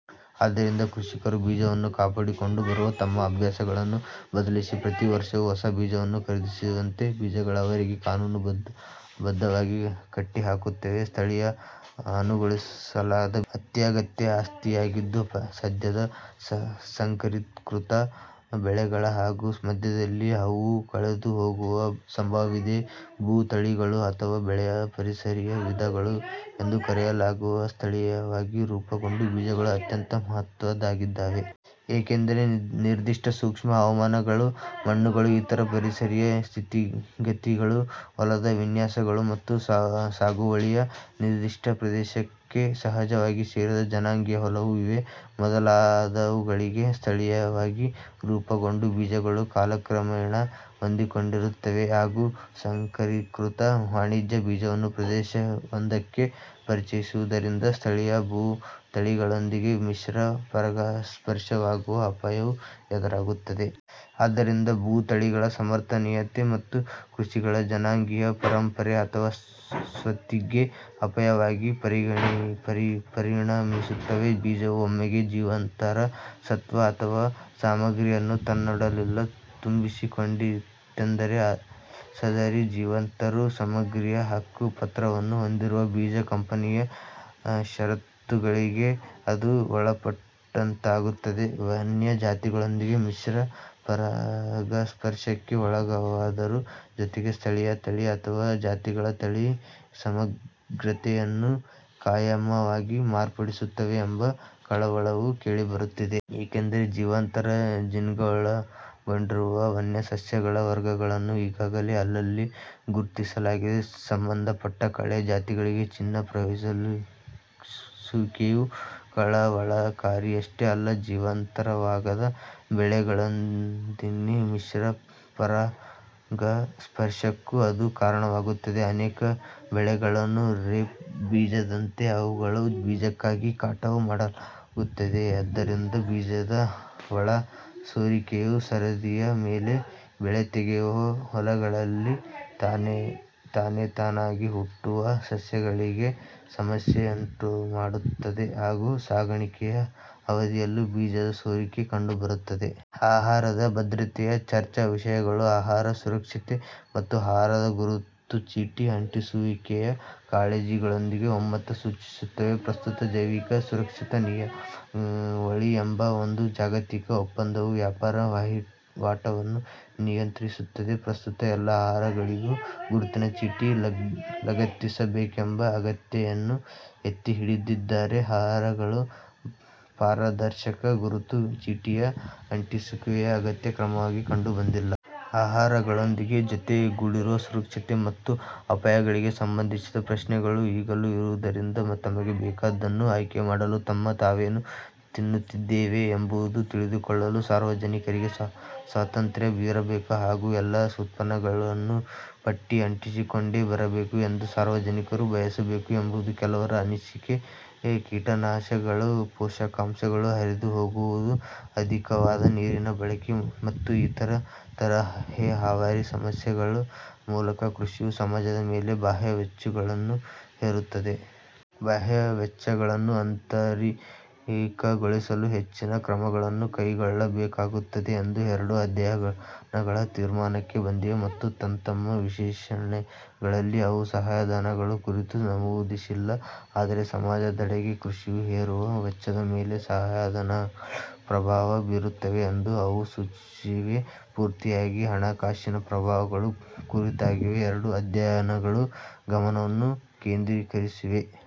ಆದ್ದರಿಂದ, ಕೃಷಿಕರು ಬೀಜವನ್ನು ಕಾಪಾಡಿಕೊಂಡು ಬರುವ ತಮ್ಮ ಅಭ್ಯಾಸಗಳನ್ನು ಬದಲಿಸಿ, ಪ್ರತಿ ವರ್ಷವೂ ಹೊಸ ಬೀಜವನ್ನು ಖರೀದಿಸುವಂತೆ ಬೀಜಗಳು ಅವರಿಗೆ ಕಾನೂನುಬದ್ಧವಾಗಿ ಕಟ್ಟಿಹಾಕುತ್ತವೆ. ಸ್ಥಳಿಯವಾಗಿ ಅನುಗೊಳಿಸಲಾದ ಬೀಜಗಳು ಅತ್ಯಗತ್ಯ ಆಸ್ತಿಯಾಗಿದ್ದು, ಸದ್ಯದ ಸಂಕರೀಕೃತ ಬೆಳೆಗಳು ಹಾಗೂ ಮಧ್ಯದಲ್ಲಿ ಅವು ಕಳೆದುಹೋಗುವ ಸಂಭವವಿದೆ. ಭೂ ತಳಿಗಳು ಅಥವಾ ಬೆಳೆಯ ಪರಿಸರೀಯ-ವಿಧಗಳು ಎಂದೂ ಕರೆಯಲಾಗುವ ಸ್ಥಳೀಯವಾಗಿ ರೂಪುಗೊಂಡ ಬೀಜಗಳು ಅತ್ಯಂತ ಮಹತ್ತ್ವದ್ದಾಗಿವೆ. ಏಕೆಂದರೆ, ನಿರ್ದಿಷ್ಟ ಸೂಕ್ಷ್ಮ ಹವಾಮಾನಗಳು, ಮಣ್ಣುಗಳು, ಇತರ ಪರಿಸರೀಯ ಸ್ಥಿತಿಗತಿಗಳು, ಹೊಲದ ವಿನ್ಯಾಸಗಳು, ಮತ್ತು ಸಾಗುವಳಿಯ ನಿರ್ದಿಷ್ಟ ಪ್ರದೇಶಕ್ಕೆ ಸಹಜವಾಗಿ ಸೇರಿದ ಜನಾಂಗೀಯ ಒಲವು ಇವೇ ಮೊದಲಾದವುಗಳಿಗೆ ಸ್ಥಳೀಯವಾಗಿ ರೂಪುಗೊಂಡ ಬೀಜಗಳು ಕಾಲಕ್ರಮೇಣ ಹೊಂದಿಕೊಂಡಿರುತ್ತವೆ. ಹಾಗೂ ಸಂಕರೀಕೃತ ವಾಣಿಜ್ಯ ಬೀಜವನ್ನು ಪ್ರದೇಶವೊಂದಕ್ಕೆ ಪರಿಚಯಿಸುವುದರಿಂದ, ಸ್ಥಳೀಯ ಭೂ ತಳಿಗಳೊಂದಿಗೆ ಮಿಶ್ರ-ಪರಾಗಸ್ಪರ್ಶವಾಗುವ ಅಪಾಯವು ಎದುರಾಗುತ್ತದೆ. ಆದ್ದರಿಂದ, ಭೂ ತಳಿಗಳ ಸಮರ್ಥನೀಯತೆ ಮತ್ತು ಕೃಷಿಗಳ ಜನಾಂಗೀಯ ಪರಂಪರೆ ಅಥವಾ ಸ್ವತ್ತಿಗೆ ಅಪಾಯವಾಗಿ ಪರಿಣಮಿಸುತ್ತವೆ. ಬೀಜವು ಒಮ್ಮೆಗೆ ಜೀವಾಂತರ ಸತ್ವ ಅಥವಾ ಸಾಮಗ್ರಿಯನ್ನು ತನ್ನೊಡಲಲ್ಲಿ ತುಂಬಿಸಿಕೊಂಡಿತೆಂದರೆ, ಸದರಿ ಜೀವಾಂತರ ಸಾಮಗ್ರಿಯ ಹಕ್ಕುಪತ್ರವನ್ನು ಹೊಂದಿರುವ ಬೀಜ ಕಂಪನಿಯ ಷರತ್ತುಗಳಿಗೆ ಅದು ಒಳಪಟ್ಟಂತಾಗುತ್ತದೆ. ವನ್ಯ ಜಾತಿಗಳೊಂದಿಗೆ ಮಿಶ್ರ-ಪರಾಗಸ್ಪರ್ಶಕ್ಕೆ ಒಳಗಾಗುವುದರ ಜೊತೆಗೆ, ಸ್ಥಳೀಯ ತಳಿ ಅಥವಾ ಜಾತಿಗಳ ತಳಿ ಸಮಗ್ರತೆಯನ್ನು ಖಾಯಮ್ಮಾಗಿ ಮಾರ್ಪಡಿಸುತ್ತವೆ ಎಂಬ ಕಳವಳವೂ ಕೇಳಿಬರುತ್ತಿದೆ. ಏಕೆಂದರೆ, ಜೀವಾಂತರ ಜೀನ್ಗಳನ್ನೊಳಗೊಂಡಿರುವ ವನ್ಯ ಸಸ್ಯಗಳ ವರ್ಗಗಳನ್ನು ಈಗಾಗಲೇ ಅಲ್ಲಲ್ಲಿ ಗುರುತಿಸಲಾಗಿದೆ. ಸಂಬಂಧಪಟ್ಟ ಕಳೆ ಜಾತಿಗಳಿಗೆ ಜೀನ್ನ ಪ್ರವಹಿಸುವಿಕೆಯು ಕಳವಳಕಾರಿಯಷ್ಟೇ ಅಲ್ಲ, ಜೀವಾಂತರವಾಗದ ಬೆಳೆಗಳೊಂದಿಗಿನ ಮಿಶ್ರ-ಪರಾಗಸ್ಪರ್ಶಕ್ಕೂ ಅದು ಕಾರಣವಾಗುತ್ತದೆ. ಅನೇಕ ಬೆಳೆಗಳನ್ನು ರೇಪ್ ಬೀಜದಂತೆ ಅವುಗಳ ಬೀಜಕ್ಕಾಗಿ ಕಟಾವು ಮಾಡಲಾಗುತ್ತದೆಯಾದ್ದರಿಂದ, ಬೀಜದ ಒಳ-ಸೋರಿಕೆಯು ಸರದಿಯ ಮೇಲೆ ಬೆಳೆ ತೆಗೆಯುವ ಹೊಲಗಳಲ್ಲಿ ತಾನೇತಾನಾಗಿ ಹುಟ್ಟುವ ಸಸ್ಯಗಳಿಗೆ ಸಮಸ್ಯೆಯನ್ನುಂಟುಮಾಡುತ್ತದೆ, ಹಾಗೂ ಸಾಗಾಣಿಕೆಯ ಅವಧಿಯಲ್ಲೂ ಬೀಜದ-ಸೋರಿಕೆ ಕಂಡುಬರುತ್ತದೆ. ಆಹಾರ ಭದ್ರತೆಯ ಚರ್ಚಾವಿಷಯಗಳು ಆಹಾರ ಸುರಕ್ಷತೆ ಮತ್ತು ಆಹಾರದ ಗುರುತುಚೀಟಿ ಅಂಟಿಸುವಿಕೆಯ ಕಾಳಜಿಗಳೊಂದಿಗೂ ಒಮ್ಮತ ಸೂಚಿಸುತ್ತವೆ. ಪ್ರಸ್ತುತ ಜೈವಿಕ ಸುರಕ್ಷತಾ ನಿಯಮಾವಳಿ ಎಂಬ ಒಂದು ಜಾಗತಿಕ ಒಪ್ಪಂದವು ವ್ಯಾಪಾರ-ವಹಿವಾಟನ್ನು ನಿಯಂತ್ರಿಸುತ್ತದೆ. ಪ್ರಸ್ತುತ ಎಲ್ಲಾ ಆಹಾರಗಳಿಗೂ ಗುರುತಿನ ಚೀಟಿ ಲಗತ್ತಿಸಬೇಕೆಂಬ ಅಗತ್ಯತೆಯನ್ನು ಎತ್ತಿಹಿಡಿದಿದ್ದರೆ, ಆಹಾರಗಳ ಪಾರದರ್ಶಕ ಗುರುತು ಚೀಟಿಯ ಅಂಟಿಸುವಿಕೆಯು ಅಗತ್ಯ ಕ್ರಮವಾಗಿ ಕಂಡುಬಂದಿಲ್ಲ. ಆಹಾರಗಳೊಂದಿಗೆ ಜೊತೆಗೂಡಿರುವ ಸುರಕ್ಷತೆ ಮತ್ತು ಅಪಾಯಗಳಿಗೆ ಸಂಬಂಧಿಸಿದ ಪ್ರಶ್ನೆಗಳು ಈಗಲೂ ಇರುವುದರಿಂದ, ತಮಗೆ ಬೇಕಾದ್ದನ್ನು ಆಯ್ಕೆ ಮಾಡಲು ಮತ್ತು ತಾವೇನು ತಿನ್ನುತ್ತಿದ್ದೇವೆ ಎಂಬುದನ್ನು ತಿಳಿದುಕೊಳ್ಳಲು ಸಾರ್ವಜನಿಕರಿಗೆ ಸ್ವಾತಂತ್ರ್ಯವಿರಬೇಕು ಹಾಗೂ ಎಲ್ಲಾ ಉತ್ಪನ್ನಗಳೂ ಪಟ್ಟಿ ಅಂಟಿಸಿಕೊಂಡೇ ಬರಬೇಕು ಎಂದು ಸಾರ್ವಜನಿಕರು ಬಯಸಬೇಕು ಎಂಬುದು ಕೆಲವರ ಅನಿಸಿಕೆ. ಕೀಟನಾಶಕಗಳು, ಪೋಷಕಾಂಶಗಳು ಹರಿದುಹೋಗುವುದು, ಅಧಿಕವಾದ ನೀರಿನ ಬಳಕೆ, ಮತ್ತು ಇತರ ತರಹೇವಾರಿ ಸಮಸ್ಯೆಗಳ ಮೂಲಕ ಕೃಷಿಯು ಸಮಾಜದ ಮೇಲೆ ಬಾಹ್ಯ ವೆಚ್ಚಗಳನ್ನು ಹೇರುತ್ತದೆ. ಬಾಹ್ಯ ವೆಚ್ಚಗಳನ್ನು ಆಂತರಿಕಗೊಳಿಸಲು ಹೆಚ್ಚಿನ ಕ್ರಮಗಳನ್ನು ಕೈಗೊಳ್ಳಬೇಕಾಗುತ್ತದೆ ಎಂದು ಎರಡೂ ಅಧ್ಯಯನಗಳು ತೀರ್ಮಾನಕ್ಕೆ ಬಂದಿವೆ, ಮತ್ತು ತಂತಮ್ಮ ವಿಶ್ಲೇಷಣೆಗಳಲ್ಲಿ ಅವು ಸಹಾಯಧನಗಳ ಕುರಿತು ನಮೂದಿಸಿಲ್ಲ. ಆದರೆ ಸಮಾಜದೆಡೆಗೆ ಕೃಷಿಯು ಹೇರುವ ವೆಚ್ಚದ ಮೇಲೆ ಸಹಾಯಧನಗಳೂ ಪ್ರಭಾವ ಬೀರುತ್ತವೆ ಎಂದು ಅವು ಸೂಚಿಸಿವೆ. ಪೂರ್ತಿಯಾಗಿ ಹಣಕಾಸಿನ ಪ್ರಭಾವಗಳ ಕುರಿತಾಗಿಯೇ ಎರಡೂ ಅಧ್ಯಯನಗಳು ಗಮನವನ್ನು ಕೇಂದ್ರೀಕರಿಸಿವೆ.